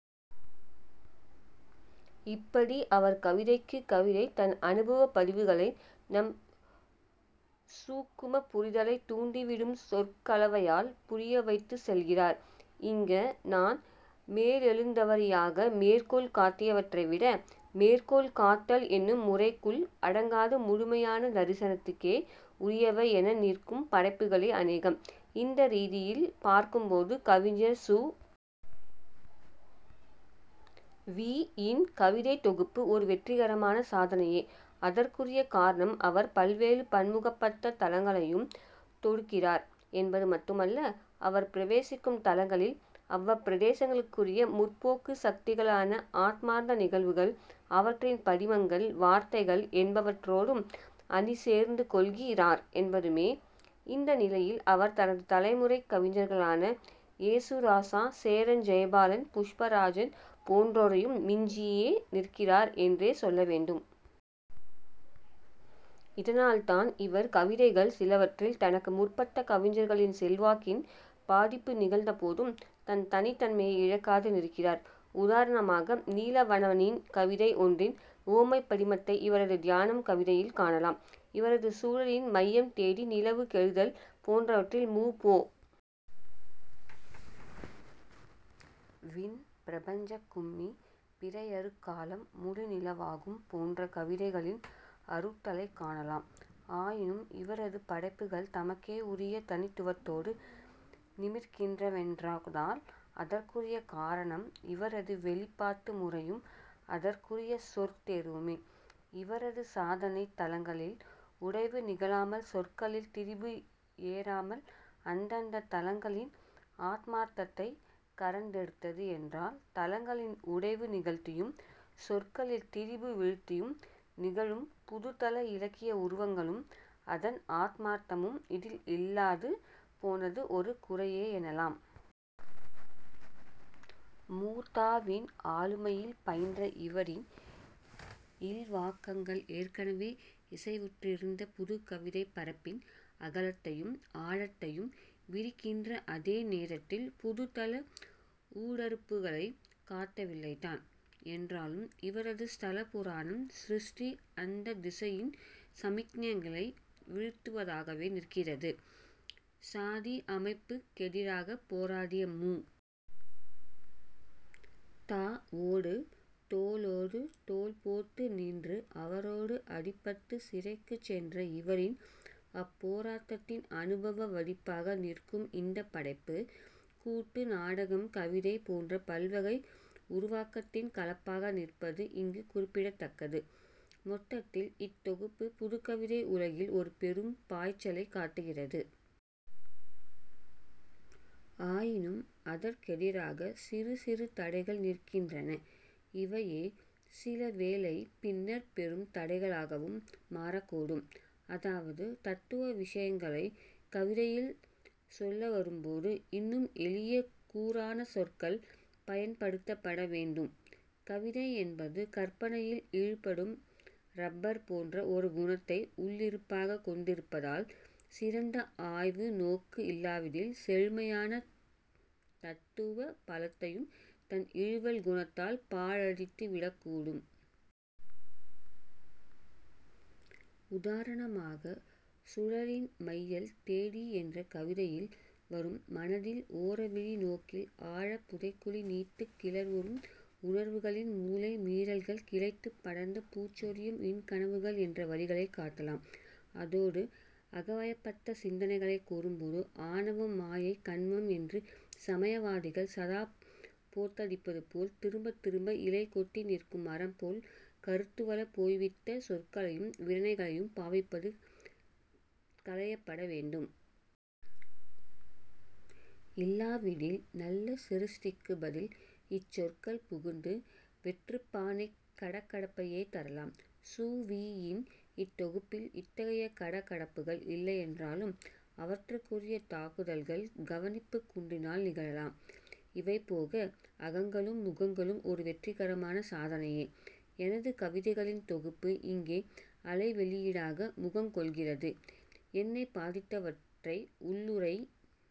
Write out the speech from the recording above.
இப்படி அவர் கவிதைக்குக் கவிதை தன் அனுபவப் பதிவுகளை நம் சூக்கும புரிதலைத் தூண்டிவிடும் சொற்கலவையால் புரியவைத்துச் செல்கிறார். இங்க நான் மேலெழுந்தவாரியாக மேற்கோள் காட்டியவற்றை விட மேற்கோள் காட்டல் என்னும் முறைக்குள் அடங்காது முழுமையான தரிசனத்துக்கே உரியவை என நிற்கும் படைப்புகளே அனேகம். இந்த ரீதியில் பார்க்கும்போது கவிஞர் சு. வி. யின் கவிதைத் தொகுப்பு ஒரு வெற்றிகரமான சாதனையே. அதற்குரிய காரணம் அவர் பல்வேறு பன்முகப்பட்ட தளங்களையும் தொடுக்கிறார் என்பது மட்டுமல்ல அவர் பிரவேசிக்கும் தளங்களில் அவ்வப் பிரதேசங்களுக்குரிய முற்போக்குச் சக்திகளான ஆத்மார்த்த நிகழ்வுகள் அவற்றின் படிமங்கள் வார்த்தைகள் என்பவற்றோடும் அணிசேர்ந்துகொள்கிறார் என்பதுமே. இந்த நிலையில் அவர் தனது தலைமுறைக் கவிஞர்களான யேசுராசா சேரன் ஜெயபாலன் புஷ்பராஜன் போன்றோரையும் மிஞ்சியே நிற்கிறார் என்றே சொல்லவேண்டும். இதனால்தான் இவர் கவிதைகள் சிலவற்றில் தனக்கு முற்பட்ட கவிஞர்களின் செல்வாக்கின் பாதிப்பு நிகழ்ந்தபோதும் தன் தனித்தன்மையை இழக்காது நிற்கிறார். உதாரணமாக நீலாவணனின் கவிதை ஒன்றின் உவமைப் படிமத்தை இவரது தியானம் கவிதையில் காணலாம். இவரது சுழலின் மையம் தேடி நிலவுக் கெழுதல் போன்றவற்றில் மு. பொ. வின் பிரபஞ்சக்கும்மி பிறையருகாலம் முழுநிலவாகும் போன்ற கவிதைகளின் அருட்டலைக் காணலாம். ஆயினும் இவரது படைப்புகள் தமக்கே உரிய தனித்துவத்தோடு நிமிர்கின்றனவென்றால் அதற்குரிய காரணம் இவரது வெளிப்பாட்டு முறையும் அதற்கரிய சொற் தேர்வுமே. இவரது சாதனை தளங்களில் உடைவு நிகழாமல் சொற்களில் திரிபு ஏறாமல் அந்தந்தத் தளங்களின் ஆத்மார்த்தத்தைக் கறந்தெடுத்தது என்றால் தளங்களில் உடைவு நிகழ்த்தியும் சொற்களில் திரிபு விழுத்தியும் நிகழும் புதுத்தள இலக்கிய உருவங்களும் அதன் ஆத்மார்த்தமும் இதில் இல்லாது போனது ஒரு குறையே எனலாம். மு. த. வின் ஆளுமையில் பயின்ற இவரின் இவ்வாக்கங்கள் ஏற்கனவே இசைவுற்றிருந்த புதுக்கவிதைப் பரப்பின் அகலத்தையும் ஆழத்தையும் விரிக்கின்ற அதே நேரத்தில் புதுத்தள ஊடறுப்புகளைக் காட்டவில்லைத்தான். என்றாலும் இவரது ஸ்தல புராணம் சிருஷ்டி அந்தத் திசையின் சமிக்ஞைகளை விழுத்துவதாகவே நிற்கிறது. சாதி அமைப்புக் கெதிராகப் போராடிய மு. த. வோடு தோளோடு தோள்போட்டு நின்று அவரோடு அடிபட்டுச் சிறைக்குச்சென்ற இவரின் அப்போராட்டத்தின் அனுபவ வடிப்பாக நிற்கும் இந்தப் படைப்பு, கூத்து நாடகம் கவிதை போன்ற பல்வகை உருவாக்கத்தின் கலப்பாக நிற்பது இங்கு குறிப்பிடத்தக்கது. மொத்தத்தில் இத் தொகுப்பு புதுக்கவிதை உலகில் ஒரு பெரும் பாய்ச்சலைக் காட்டுகிறது. ஆயினும் அதற்கெதிராக சிறு சிறு தடைகள் நிற்கின்றன. இவையே சிலவேளை பின்னர் பெரும் தடைகளாகவும் மாறக்கூடும். அதாவது தத்துவ விஷயங்களைக் கவிதையில் சொல்லவரும்போது இன்னும் எளிய கூரான சொற்கள் பயன்படுத்தப்படவேண்டும். கவிதை என்பது கற்பனையில் இழுபடும் றப்பர் போன்ற ஒரு குணத்தை உள்ளிருப்பாகக் கொண்டிருப்பதால் சிறந்த ஆய்வு நோக்கு இல்லாவிடில் செழுமையான தத்துவ பலத்தையும் தன் இழுவல் குணத்தால் பாழடித்து விடக்கூடும். உதாரணமாக சுழலின் மையல் தேடி என்ற கவிதையில் வரும் மனதில் ஓரவிழி நோக்கில் ஆழப் புதைகுழி நீத்துக் கிளர்வுறும் உணர்வுகளின் முளை மீறல்கள் கிளைத்துப் படர்ந்து பூச்சொரியும் இன் கனவுகள் என்ற வரிகளைக் காட்டலாம். அதோடு அகவயப்பட்ட சிந்தனைகளைக் கூறும்போது ஆணவம் மாயை கன்மம் என்று சமயவாதிகள் சதா போட்டடிப்பதுபோல் திரும்பத் திரும்ப இலை கொட்டி நிற்கும் மரம்போல் கருத்துவலுப் போய்விட்ட சொற்களையும் விரணைகளையும் பாவிப்பது களையப்பட வேண்டும். இல்லாவிடில் நல்ல சிருஷ்டிக்குப் பதில் இச்சொற்கள் புகுந்து வெற்றுப்பானைக் கட கடப்பையே தரலாம். சு. வி. யின் இத் தொகுப்பில் இத்தகைய கடகடப்புகள் இல்லையென்றாலும் அவற்றுக்குரிய தாக்குதல்கள் கவனிப்புக் குன்றினால் நிகழலாம். இவைபோக அகங்களும் முகங்களும் ஒரு வெற்றிகரமான சாதனையே. எனது கவிதைகளின் தொகுப்பு இங்கே அலைவெளியிடாக முகங்கொள்கிறது. என்னைப் பாதித்தவற்றை உள்ளுறை